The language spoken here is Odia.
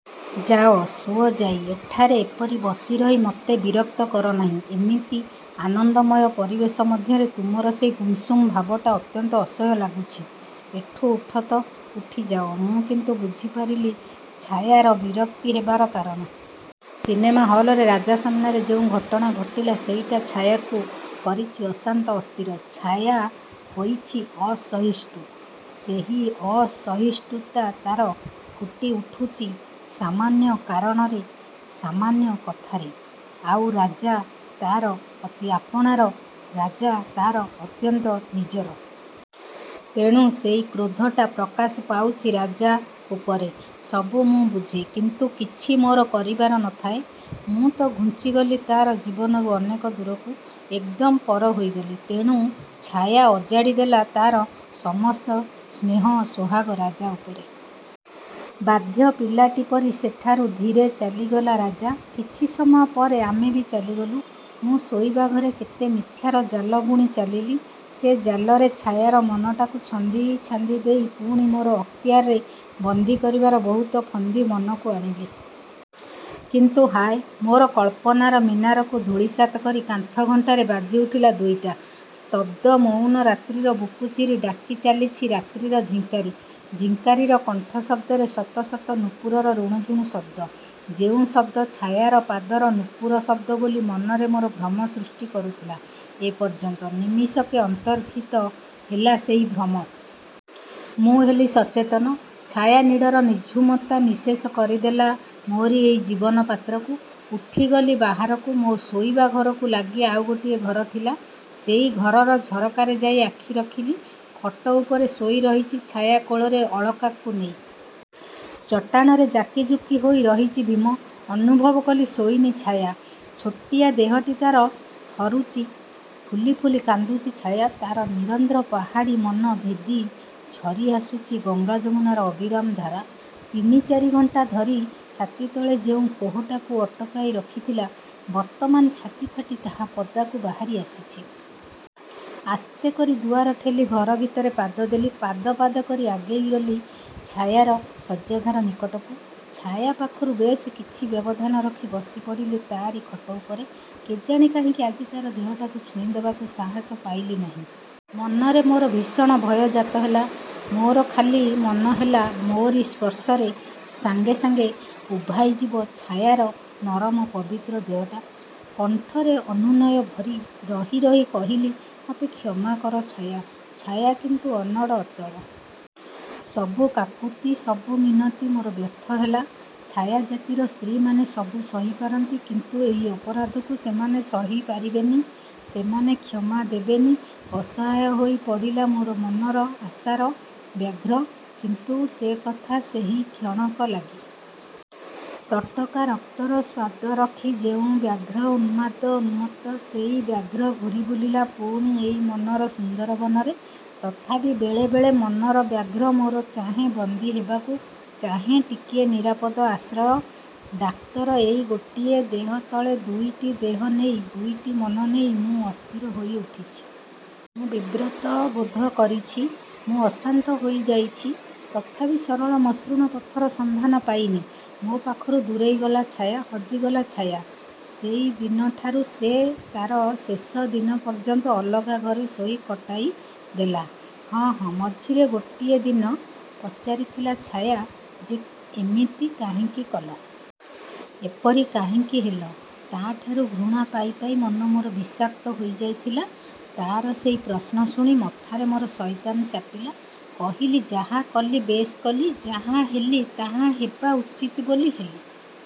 ଯାଅ, ଶୁଅ ଯାଇ। ଏଠାରେ ଏପରି ବସି ରହି ମତେ ବିରକ୍ତ କର ନାହିଁ। ଏମିତି ଆନନ୍ଦମୟ ପରିବେଶ ମଧ୍ୟରେ ତୁମର ସେଇ ଗୁମ୍‌ସୁମ୍ ଭାବଟା ଅତ୍ୟନ୍ତ ଅସହ୍ୟ ଲାଗୁଛି। ଏଠୁ ଉଠ ତ, ଉଠି ଯାଅ। ମୁଁ କିନ୍ତୁ ବୁଝି ପାରିଲି ଛାୟାର ବିରକ୍ତି ହେବାର କାରଣ। ସିନେମା ହଲ୍‌ରେ ରାଜା ସାମନାରେ ଯେଉଁ ଘଟଣା ଘଟିଲା ସେଇଟା ଛାୟାକୁ କରିଛି ଅଶାନ୍ତ ଅସ୍ଥିର। ଛାୟା ହୋଇଛି ଅସହିଷ୍ଣୁ। ସେଇ ଅସହିଷ୍ଣୁତା ତା'ର ଫୁଟି ଉଠୁଛି ସାମାନ୍ୟ କାରଣରେ, ସାମାନ୍ୟ କଥାରେ। ଆଉ ରାଜା ତା'ର ଅତି ଆପଣାର, ରାଜା ତା'ର ଅତ୍ୟନ୍ତ ନିଜର। ତେଣୁ ସେଇ କ୍ରୋଧଟା ପ୍ରକାଶ ପାଉଛି ରାଜା ଉପରେ। ସବୁ ମୁଁ ବୁଝେ, କିନ୍ତୁ କିଛି ମୋର କରିବାର ନ ଥାଏ। ମୁଁ ତ ଘୁଞ୍ଚି ଗଲି ତା'ର ଜୀବନରୁ ଅନେକ ଦୂରକୁ। ଏକଦମ୍ ପର ହୋଇଗଲି। ତେଣୁ ଛାୟା ଅଜାଡ଼ି ଦେଲା ତା'ର ସମସ୍ତ ସ୍ନେହ ସୋହାଗ ରାଜା ଉପରେ। ବାଧ୍ୟ ପିଲାଟି ପରି ସେଠାରୁ ଧୀରେ ଚାଲିଗଲା ରାଜା। କିଛି ସମୟ ପରେ ଆମେ ବି ଚାଲିଗଲୁ। ମୁଁ ଶୋଇବା ଘରେ କେତେ ମିଥ୍ୟାର ଜାଲ ବୁଣି ଚାଲିଲି। ସେ ଜାଲରେ ଛାୟାର ମନଟାକୁ ଛନ୍ଦି ଛାନ୍ଦି ଦେଇ ପୁଣି ମୋର ଅକ୍ତିଆରରେ ବନ୍ଦୀ କରିବାର ବହୁତ ଫନ୍ଦି ମନକୁ ଆଣିଲି। କିନ୍ତୁ ହାୟ, ମୋର କଳ୍ପନାର ମୀନାରକୁ ଧୂଳିସାତ୍ କରି କାନ୍ଥ ଘଣ୍ଟାରେ ବାଜି ଉଠିଲା ଦୁଇଟା। ସ୍ତବ୍ଧ ମଉନ ରାତ୍ରିର ବୁକୁ ଚିରି ଡାକି ଚାଲିଛି ରାତ୍ରିର ଝିଙ୍କାରୀ। ଝିଙ୍କାରୀର କଣ୍ଠ ଶବ୍ଦରେ ଶତ ଶତ ନୂପୁରର ରୁଣୁଝୁଣୁ ଶବ୍ଦ। ଯେଉଁ ଶବ୍ଦ ଛାୟାର ପାଦର ନୂପୁର ଶବ୍ଦ ବୋଲି ମନରେ ମୋର ଭ୍ରମ ସୃଷ୍ଟି କରୁଥିଲା ଏ ପର୍ଯ୍ୟନ୍ତ, ନିମିଷକେ ଅନ୍ତର୍ହିତ ହେଲା ସେଇ ଭ୍ରମ। ମୁଁ ହେଲି ସଚେତନ। "ଛାୟାନୀଡ଼"ର ନିଝୁମତା ନିଃଶେଷ କରିଦେଲା ମୋରି ଏଇ ଜୀବନ ପାତ୍ରକୁ। ଉଠି ଗଲି ବାହାରକୁ। ମୋ ଶୋଇବା ଘରକୁ ଲାଗି ଆଉ ଗୋଟିଏ ଘର ଥିଲା। ସେଇ ଘରର ଝରକାରେ ଯାଇ ଆଖି ରଖିଲି। ଖଟ ଉପରେ ଶୋଇ ରହିଛି ଛାୟା କୋଳରେ ଅଳକାକୁ ନେଇ। ଚଟାଣରେ ଜାକି ଜୁକି ଶୋଇ ରହିଛି ଭୀମ। ଅନୁଭବ କଲି ଶୋଇନି ଛାୟା। ଛୋଟିଆ ଦେହଟି ତା'ର ଥରୁଛି, ଫୁଲି ଫୁଲି କାନ୍ଦୁଛି ଛାୟା। ତା'ର ନିରନ୍ଧ୍ର ପାହାଡ଼ି ମନ ଭେଦି ଝରି ଆସୁଛି ଗଙ୍ଗାଯମୁନାର ଅବିରାମ ଧାରା। ତିନି ଚାରି ଘଣ୍ଟା ଧରି ଛାତି ତଳେ ଯେଉଁ କୋହଟାକୁ ଅଟକାଇ ରଖିଥିଲା, ବର୍ତ୍ତମାନ ଛାତି ଫାଟି ତାହା ପଦାକୁ ବାହାରି ଆସିଛି। ଆସ୍ତେ କରି ଦୁଆର ଠେଲି ଘର ଭିତରେ ପାଦ ଦେଲି। ପାଦ ପାଦ କରି ଆଗେଇ ଗଲି ଛାୟାର ଶଯ୍ୟାଧାର ନିକଟକୁ। ଛାୟା ପାଖରୁ ବେଶ୍ କିଛି ବ୍ୟବଧାନ ରଖି ବସି ପଡ଼ିଲି ତା'ରି ଖଟ ଉପରେ। କେଜାଣି କାହିଁକି ଆଜି ତା'ର ଦେହଟାକୁ ଛୁଇଁ ଦେବାକୁ ସାହସ ପାଇଲି ନାହିଁ। ମନରେ ମୋର ଭୀଷଣ ଭୟ ଜାତ ହେଲା। ମୋର ଖାଲି ମନ ହେଲା ମୋରି ସ୍ପର୍ଶରେ ସାଙ୍ଗେ ସାଙ୍ଗେ ଉଭାଇ ଯିବ ଛାୟାର ନରମ ପବିତ୍ର ଦେହଟା। କଣ୍ଠରେ ଅନୁନୟ ଭରି, ରହି ରହି କହିଲି ମତେ କ୍ଷମା କର ଛାୟା। ଛାୟା କିନ୍ତୁ ଅନଡ଼, ଅଚଳ। ସବୁ କାକୁତି, ସବୁ ମିନତି ମୋର ବ୍ୟର୍ଥ ହେଲା। ଛାୟା ଜାତିର ସ୍ତ୍ରୀମାନେ ସବୁ ସହି ପାରନ୍ତି, କିନ୍ତୁ ଏହି ଅପରାଧକୁ ସେମାନେ ସହି ପାରିବେନି। ସେମାନେ କ୍ଷମା ଦେବେନି। ଅସହାୟ ହୋଇ ପଡ଼ିଲା ମୋର ମନର ଆଶାର ବ୍ୟାଘ୍ର। କିନ୍ତୁ ସେକଥା ସେଇ କ୍ଷଣକ ଲାଗି। ତଟକା ରକ୍ତର ସ୍ୱାଦ ରଖି ଯେଉଁ ବ୍ୟାଘ୍ର ଉନ୍ମାଦ, ଉନ୍ମତ୍ତ, ସେଇ ବ୍ୟାଘ୍ର ଘୂରି ବୁଲିଲା ପୁଣି ଏଇ ମନର ସୁନ୍ଦରବନରେ। ତଥାପି ବେଳେ ବେଳେ ମନର ବ୍ୟାଘ୍ର ମୋର ଚାହେଁ ବନ୍ଦୀ ହେବାକୁ, ଚାହେଁ ଟିକିଏ ନିରାପଦ ଆଶ୍ରୟ। ଡାକ୍ତର, ଏଇ ଗୋଟିଏ ଦେହ ତଳେ ଦୁଇଟି ଦେହ ନେଇ, ଦୁଇଟି ମନ ନେଇ ମୁଁ ଅସ୍ଥିର ହୋଇ ଉଠିଛି। ମୁଁ ବିବ୍ରତ ବୋଧ କରିଛି, ମୁଁ ଅଶାନ୍ତ ହୋଇଯାଇଛି। ତଥାପି ସରଳ ମସୃଣ ପଥର ସନ୍ଧାନ ପାଇନି। ମୋ ପାଖରୁ ଦୂରେଇ ଗଲା ଛାୟା, ହଜିଗଲା ଛାୟା! ସେଇ ଦିନଠାରୁ ସେ ତା'ର ଶେଷ ଦିନ ପର୍ଯ୍ୟନ୍ତ ଅଲଗା ଘରେ ଶୋଇ କଟାଇ ଦେଲା। ହଁ, ହଁ, ମଝିରେ ଗୋଟିଏ ଦିନ ପଚାରିଥିଲା ଛାୟା ଯେ ଏମିତି କାହିଁକି କଲ? ଏପରି କାହିଁକି ହେଲ? ତା'ଠାରୁ ଘୃଣା ପାଇ ପାଇ ମନ ମୋର ବିଷାକ୍ତ ହୋଇଯାଇଥିଲା। ତା'ର ସେଇ ପ୍ରଶ୍ନ ଶୁଣି ମଥାରେ ମୋର ଶଇତାନ ଚାପିଲା। କହିଲି ଯାହା କଲି ବେଶ୍ କଲି, ଯାହା ହେଲି ତାହା ହେବା ଉଚିତ ବୋଲି ହେଲି।